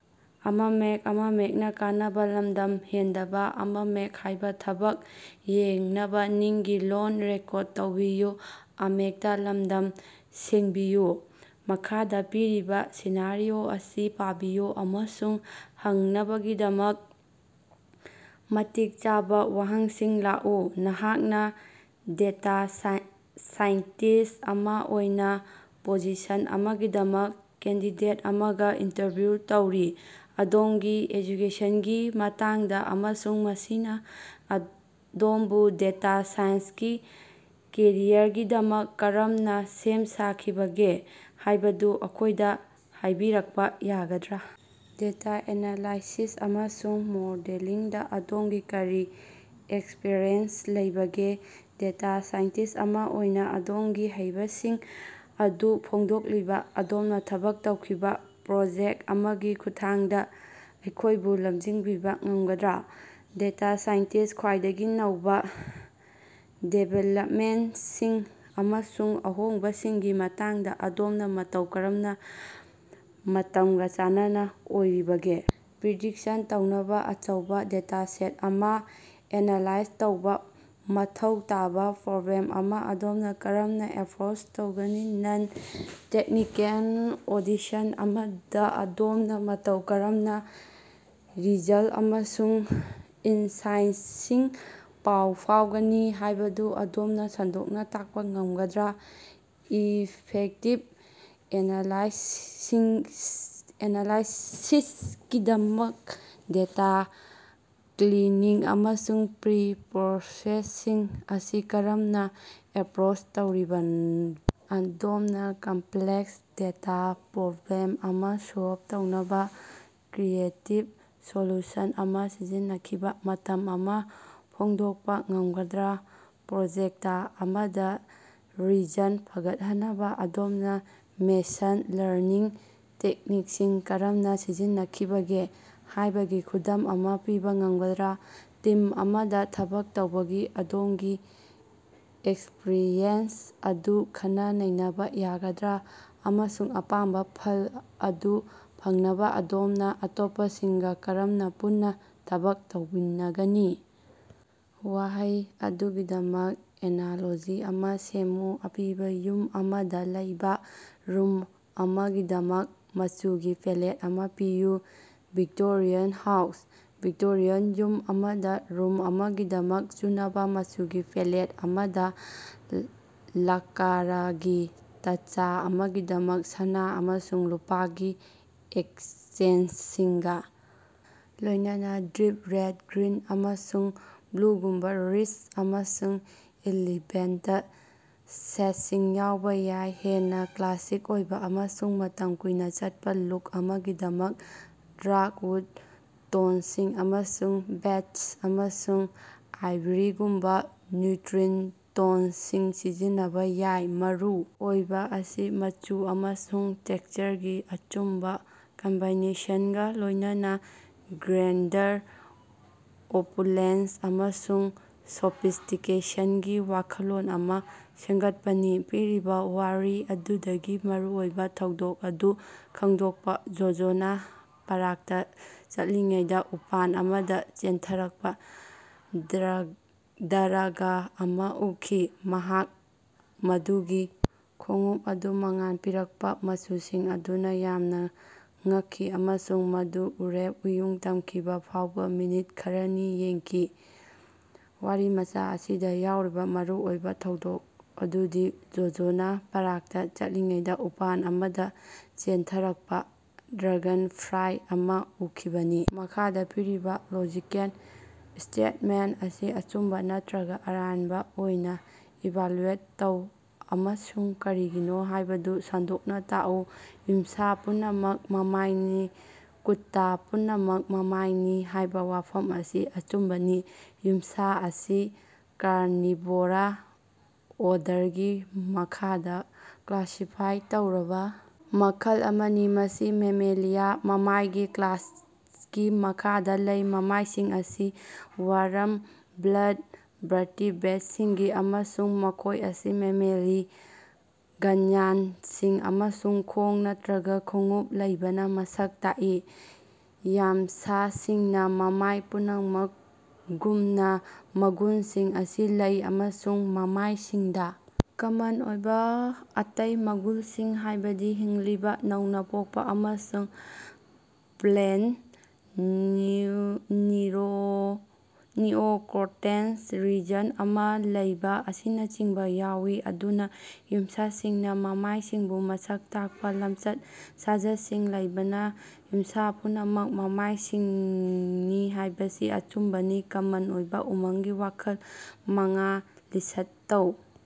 ꯃꯈꯥꯗ ꯄꯤꯔꯤꯕ ꯁꯤꯅꯥꯔꯤꯑꯣ ꯑꯁꯤ ꯄꯥꯕꯤꯌꯨ ꯑꯃꯁꯨꯡ ꯍꯪꯅꯕꯒꯤꯗꯃꯛ ꯃꯇꯤꯛ ꯆꯥꯕ ꯋꯥꯍꯪꯁꯤꯡ ꯂꯥꯛꯎ꯫ ꯅꯍꯥꯛꯅ ꯗꯦꯇꯥ ꯁꯥꯏꯟꯇꯤꯁ ꯑꯃ ꯑꯣꯏꯅ ꯄꯣꯖꯤꯁꯟ ꯑꯃꯒꯤꯗꯃꯛ ꯀꯦꯟꯗꯤꯗꯦꯠ ꯑꯃꯒ ꯏꯟꯇꯔꯚ꯭꯭ꯌꯨ ꯇꯧꯔꯤ꯫ ꯑꯗꯣꯝꯒꯤ ꯑꯦꯖꯨꯀꯦꯁꯟꯒꯤ ꯃꯇꯥꯡꯗ ꯑꯃꯁꯨꯡ ꯃꯁꯤꯅ ꯑꯗꯣꯝꯕꯨ ꯗꯦꯇꯥ ꯁꯥꯏꯟꯁꯀꯤ ꯀꯦꯔꯤꯌꯔꯒꯤꯗꯃꯛ ꯀꯔꯝꯅ ꯁꯦꯝ ꯁꯥꯈꯤꯕꯒꯦ ꯍꯥꯏꯕꯗꯨ ꯑꯩꯈꯣꯏꯗ ꯍꯥꯏꯕꯤꯔꯛꯄ ꯌꯥꯒꯗ꯭꯭ꯔꯥ? ꯗꯦꯇꯥ ꯑꯦꯅꯥꯂꯥꯏꯁꯤꯁ ꯑꯃꯁꯨꯡ ꯃꯣꯗꯦꯂꯤꯡꯗ ꯑꯗꯣꯝꯒꯤ ꯀꯔꯤ ꯑꯦꯛꯁ꯭ꯄꯔꯤꯌꯦꯟꯁ ꯂꯩꯕꯒꯦ? ꯗꯦꯇꯥ ꯁꯥꯏꯟꯇꯤꯁ ꯑꯃ ꯑꯣꯏꯅ ꯑꯗꯣꯝꯒꯤ ꯍꯩꯁꯤꯡꯕꯁꯤꯡ ꯑꯗꯨ ꯐꯣꯡꯗꯣꯛꯂꯤꯕ ꯑꯗꯣꯝꯅ ꯊꯕꯛ ꯇꯧꯈꯤꯕ ꯄ꯭ꯔꯣꯖꯦꯛꯇ ꯑꯃꯒꯤ ꯈꯨꯠꯊꯥꯡꯗ ꯑꯩꯈꯣꯌꯕꯨ ꯂꯝꯖꯤꯡꯕꯤꯕ ꯉꯝꯒꯗ꯭ꯔ? ꯗꯦꯇꯥ ꯁꯥꯏꯟꯁꯀꯤ ꯈ꯭ꯋꯥꯏꯗꯒꯤ ꯅꯧꯕ ꯗꯤꯕꯦꯂꯞꯃꯦꯟꯇꯁꯤꯡ ꯑꯃꯁꯨꯡ ꯑꯍꯣꯡꯕꯁꯤꯡꯒꯤ ꯃꯇꯥꯡꯗ ꯑꯗꯣꯝꯅ ꯃꯇꯧ ꯀꯔꯝꯅ ꯃꯇꯝꯒ ꯆꯥꯟꯅꯕ ꯑꯣꯏꯔꯤꯕꯒꯦ? ꯄ꯭꯭ꯔꯤꯗꯤꯛꯁꯟ ꯇꯧꯅꯕ ꯑꯆꯧꯕ ꯗꯦꯇꯥꯁꯦꯠ ꯑꯃ ꯑꯦꯅꯥꯂꯥꯏꯖ ꯇꯧꯕ ꯃꯊꯧ ꯇꯥꯕ ꯄ꯭ꯔꯣꯕ꯭ꯂꯦꯝ ꯑꯃ ꯑꯗꯣꯝꯅ ꯀꯔꯝꯅ ꯑꯦꯄ꯭ꯔꯣꯆ ꯇꯧꯒꯅꯤ? ꯅꯟ-ꯇꯦꯛꯅꯤꯀꯦꯜ ꯑꯣꯗꯤꯁꯟ ꯑꯃꯗ ꯑꯗꯣꯝꯅ ꯃꯇꯧ ꯀꯔꯝꯅ ꯔꯤꯖꯜꯠ ꯑꯃꯁꯨꯡ ꯏꯟꯁꯥꯏꯠꯁꯤꯡ ꯄꯥꯎ ꯐꯥꯎꯒꯅꯤ ꯍꯥꯏꯕꯗꯨ ꯑꯗꯣꯝꯅ ꯁꯟꯗꯣꯛꯅ ꯇꯥꯛꯄ ꯉꯝꯒꯗ꯭ꯔꯥ? ꯏꯐꯦꯛꯇꯤꯚ ꯑꯦꯅꯥꯂꯥꯏꯁꯤꯁꯀꯤꯗꯃꯛ ꯗꯦꯇꯥ ꯀ꯭꯭ꯂꯤꯅꯤꯡ ꯑꯃꯁꯨꯡ ꯄ꯭ꯔꯤ-ꯄ꯭꯭ꯔꯣꯁꯦꯁꯤꯡ ꯑꯁꯤ ꯀꯔꯝꯅ ꯑꯦꯄ꯭ꯔꯣꯆ ꯇꯧꯔꯤꯕꯅꯤ? ꯑꯗꯣꯝꯅ ꯀꯝꯄꯂꯦꯛꯁ ꯗꯦꯇꯥ ꯄꯔꯣꯕ꯭꯭ꯂꯦꯝ ꯑꯃ ꯁꯣꯜꯕ ꯇꯧꯅꯕ ꯀ꯭꯭ꯔꯤꯌꯦꯇꯤꯕ ꯁꯣꯂꯨꯁꯟ ꯑꯃ ꯁꯤꯖꯤꯟꯅꯈꯤꯕ ꯃꯇꯝ ꯑꯃ ꯐꯣꯡꯗꯣꯛꯄ ꯉꯝꯒꯗ꯭ꯔꯥ? ꯄ꯭꯭ꯔꯣꯖꯦꯛꯇ ꯑꯃꯗ ꯔꯤꯖꯜꯇ ꯐꯒꯠꯍꯟꯅꯕ ꯑꯗꯣꯝꯅ ꯃꯦꯁꯤꯟ ꯂꯥꯔꯅꯤꯡ ꯇꯦꯛꯅꯤꯛꯁꯤꯡ ꯀꯔꯝꯅ ꯁꯤꯖꯤꯟꯅꯈꯤꯕꯒꯦ ꯍꯥꯏꯕꯒꯤ ꯈꯨꯗꯝ ꯑꯃ ꯄꯤꯕ ꯉꯝꯒꯗ꯭ꯔ? ꯇꯤꯝ ꯑꯃꯗ ꯊꯕꯛ ꯇꯧꯕꯒꯤ ꯑꯗꯣꯝꯒꯤ ꯑꯦꯛꯁ꯭ꯄꯔꯤꯌꯦꯟꯁ ꯑꯗꯨ ꯈꯟꯅ-ꯅꯩꯅꯕ ꯌꯥꯒꯗ꯭꯭ꯔ, ꯑꯃꯁꯨꯡ ꯑꯄꯥꯝꯕ ꯐꯜ ꯑꯗꯨ ꯐꯪꯅꯕ ꯑꯗꯣꯝꯅ ꯑꯇꯣꯞꯄꯁꯤꯡꯒ ꯀꯔꯝꯅ ꯄꯨꯟꯅ ꯊꯕꯛ ꯇꯧꯃꯤꯟꯒꯅꯤ? ꯋꯥꯍꯩ ꯑꯗꯨꯒꯤꯗꯃꯛ ꯑꯦꯅꯥꯂꯣꯖꯤ ꯑꯃ ꯁꯦꯝꯃꯨ꯫ ꯑꯄꯤꯕ ꯌꯨꯝ ꯑꯃꯗ ꯂꯩꯕ ꯔꯨꯝ ꯑꯃꯒꯤꯗꯃꯛ ꯃꯆꯨꯒꯤ ꯄꯦꯂꯦꯠ ꯑꯃ ꯄꯤꯌꯨ꯫ Victorian house. ꯚꯤꯛꯇꯣꯔꯤꯌꯥꯟ ꯌꯨꯝ ꯑꯃꯗ ꯔꯨꯝ ꯑꯃꯒꯤꯗꯃꯛ ꯆꯨꯅꯕ ꯃꯆꯨꯒꯤ ꯄꯦꯂꯦꯠ ꯑꯃꯗ ꯂꯛꯀꯔꯒꯤ ꯇꯆ ꯑꯃꯒꯤꯗꯃꯛ ꯁꯅꯥ ꯑꯃꯁꯨꯡ ꯂꯨꯄꯥꯒꯤ ꯑꯦꯀꯁꯦꯟꯠꯁꯤꯡꯒ ꯂꯣꯏꯅꯅ ꯗꯤꯞ ꯔꯦꯗ, ꯒ꯭꯭ꯔꯤꯟ, ꯑꯃꯁꯨꯡ ꯕ꯭꯭ꯂꯨꯒꯨꯝꯕ ꯔꯤꯆ ꯑꯃꯁꯨꯡ ꯏꯂꯤꯒꯦꯟꯇ ꯁꯦꯠꯁꯤꯡ ꯌꯥꯎꯕ ꯌꯥꯏ꯫ ꯍꯦꯟꯅ ꯀ꯭꯭ꯂꯥꯁꯤꯛ ꯑꯣꯏꯕ ꯑꯃꯁꯨꯡ ꯃꯇꯝ ꯀꯨꯏꯅ ꯆꯠꯄ ꯂꯨꯛ ꯑꯃꯒꯤꯗꯃꯛꯇ ꯗꯥ꯭ꯔꯛ ꯎꯗ ꯇꯣꯟꯁꯤꯡ ꯑꯃꯁꯨꯡ ꯕꯦꯖ ꯑꯃꯁꯨꯡ ꯑꯥꯏꯚꯔꯤꯒꯨꯝꯕ ꯅ꯭꯭ꯌꯨꯇꯔꯤꯜ ꯇꯣꯟꯁꯤꯡꯁꯨ ꯁꯤꯖꯤꯟꯅꯕ ꯌꯥꯏ꯫ ꯃꯔꯨ ꯑꯣꯏꯕ ꯑꯁꯤ ꯃꯆꯨ ꯑꯃꯁꯨꯡ ꯇꯦꯛꯁꯆꯔꯒꯤ ꯑꯆꯨꯝꯕ ꯀꯝꯕꯤꯅꯦꯁꯟꯒ ꯂꯣꯏꯅꯅ ꯒ꯭ꯔꯦꯟꯗꯔ, ꯑꯣꯄꯨꯂꯦꯟꯁ ꯑꯃꯁꯨꯡ ꯁꯣꯐꯤꯁ꯭ꯇꯤꯀꯦꯁꯟꯒꯤ ꯋꯥꯈꯜꯂꯣꯟ ꯑꯃ ꯁꯦꯝꯒꯠꯄꯅꯤ꯫ ꯄꯤꯔꯤꯕ ꯋꯥꯔꯤ ꯑꯗꯨꯗꯒꯤ ꯃꯔꯨꯑꯣꯏꯕ ꯊꯧꯗꯣꯛ ꯑꯗꯨ ꯈꯪꯗꯣꯛꯄ꯫ ꯖꯣꯖꯣꯅ ꯄꯥꯔꯛꯇ ꯆꯠꯂꯤꯉꯩꯗ ꯎꯄꯥꯜ ꯑꯃꯗ ꯆꯦꯟꯊꯔꯛꯄ ꯗ꯭ꯔꯒ ꯑꯃ ꯎꯈꯤ꯫ ꯃꯍꯥꯛ ꯃꯗꯨꯒꯤ ꯈꯣꯡꯎꯞ ꯑꯗꯨ ꯃꯉꯥꯜ ꯄꯤꯔꯛꯄ ꯃꯆꯨꯁꯤꯡ ꯑꯗꯨꯅ ꯌꯥꯝꯅ ꯉꯛꯈꯤ ꯑꯃꯁꯨꯡ ꯃꯗꯨ ꯎꯔꯦꯞ ꯎꯌꯨꯡ ꯇꯝꯈꯤꯕ ꯐꯥꯎꯕ ꯃꯤꯅꯤꯠ ꯈꯔꯅꯤ ꯌꯦꯡꯈꯤ꯫ ꯋꯥꯔꯤꯃꯆꯥ ꯑꯁꯤꯗ ꯌꯥꯎꯔꯤꯕ ꯃꯔꯨ ꯑꯣꯏꯕ ꯊꯧꯗꯣꯛ ꯑꯗꯨꯗꯤ ꯖꯣꯖꯣꯅꯥ ꯄꯥꯔꯛꯇꯥ ꯆꯠꯂꯤꯉꯩꯗ ꯎꯄꯥꯜ ꯑꯃꯗ ꯆꯦꯟꯊꯔꯛꯄ ꯗ꯭ꯔꯒꯟꯐ꯭ꯂꯥꯏ ꯑꯃ ꯎꯈꯤꯕꯅꯤ꯫ ꯃꯈꯥꯗ ꯄꯤꯔꯤꯕ ꯂꯣꯖꯤꯀꯦꯜ ꯁ꯭ꯇꯦꯠꯃꯦꯟꯇ ꯑꯁꯤ ꯑꯆꯨꯝꯕ ꯅꯠꯇꯔꯒ ꯑꯔꯥꯟꯕ ꯑꯣꯏꯅ ꯏꯚꯥꯂ꯭ꯌꯨꯑꯦꯠ ꯇꯧ ꯑꯃꯁꯨꯡ ꯀꯔꯤꯒꯤꯅꯣ ꯍꯥꯏꯕꯗꯨ ꯁꯟꯗꯣꯛꯅ ꯇꯥꯛꯎ: ꯌꯨꯝꯁꯥ ꯄꯨꯝꯅꯃꯛ ꯃꯃꯥꯏꯅꯤ꯫ "ꯀꯨꯠꯇꯥ ꯄꯨꯝꯅꯃꯛ ꯃꯃꯥꯏꯅꯤ" ꯍꯥꯏꯕ ꯋꯥꯐꯝ ꯑꯁꯤ ꯑꯆꯨꯝꯕꯅꯤ꯫ ꯌꯨꯝꯁꯥ ꯑꯁꯤ ꯀꯥꯔꯅꯤꯚꯣꯔꯥ ꯑꯣꯔꯗꯔꯒꯤ ꯃꯈꯥꯗ ꯀ꯭꯭ꯂꯥꯁꯤꯐꯥꯏ ꯇꯧꯔꯕ ꯃꯈꯜ ꯑꯃꯅꯤ, ꯃꯁꯤ ꯃꯦꯃꯦꯂꯤꯌꯥ ꯃꯃꯥꯏꯒꯤ ꯀ꯭꯭ꯂꯥꯁꯀꯤ ꯃꯈꯥꯗ ꯂꯩ꯫ ꯃꯃꯥꯏꯁꯤꯡ ꯑꯁꯤ ꯋꯥꯔꯝ ꯕ꯭ꯂꯗ ꯚꯔꯇꯤꯕ꯭ꯔꯦꯠꯁꯤꯡꯅꯤ ꯑꯃꯁꯨꯡ ꯃꯈꯣꯏ ꯑꯁꯤ ꯃꯦꯃꯦꯔꯤ ꯒ꯭ꯜꯌꯥꯟꯗꯁꯤꯡ ꯑꯃꯁꯨꯡ ꯈꯣꯡ ꯅꯠꯇꯔꯒ ꯈꯣꯡꯎꯞ ꯂꯩꯕꯅ ꯃꯁꯛ ꯇꯥꯛꯏ꯫ ꯌꯝꯁꯥꯁꯤꯡꯅ, ꯃꯃꯥꯏ ꯄꯨꯝꯅꯃꯛꯒꯨꯝꯅ, ꯃꯒꯨꯟꯁꯤꯡ ꯑꯁꯤ ꯂꯩ ꯑꯃꯁꯨꯡ ꯃꯃꯥꯏꯁꯤꯡꯗ ꯀꯃꯟ ꯑꯣꯏꯕ ꯑꯇꯩ ꯃꯒꯨꯟꯁꯤꯡ, ꯍꯥꯏꯕꯗꯤ ꯍꯤꯡꯂꯤꯕ ꯅꯧꯅ ꯄꯣꯛꯄ ꯑꯃꯁꯨꯡ ꯕ꯭ꯔꯦꯟꯗ ꯅꯤꯑꯣꯀꯣꯔꯇꯦꯛꯁ ꯔꯤꯖꯟ ꯑꯃ ꯂꯩꯕ ꯑꯁꯤꯅꯆꯤꯡꯕꯥ ꯌꯥꯎꯏ꯫ ꯑꯗꯨꯅ, ꯌꯨꯝꯁꯥꯁꯤꯡꯅ ꯃꯃꯥꯏꯁꯤꯡꯕꯨ ꯃꯁꯛ ꯇꯥꯛꯄ ꯂꯝꯆꯠ-ꯁꯥꯖꯠꯁꯤꯡ ꯂꯩꯕꯅ, ꯌꯨꯝꯁꯥ ꯄꯨꯝꯅꯃꯛ ꯃꯃꯥꯏꯁꯤꯡꯅꯤ ꯍꯥꯏꯕꯁꯤ ꯑꯆꯨꯝꯕꯅꯤ꯫ ꯀꯃꯟ ꯑꯣꯏꯕ ꯎꯃꯪꯒꯤ ꯋꯥꯈꯜ ꯃꯉꯥ ꯂꯤꯁ꯭ꯠ ꯇꯧ꯫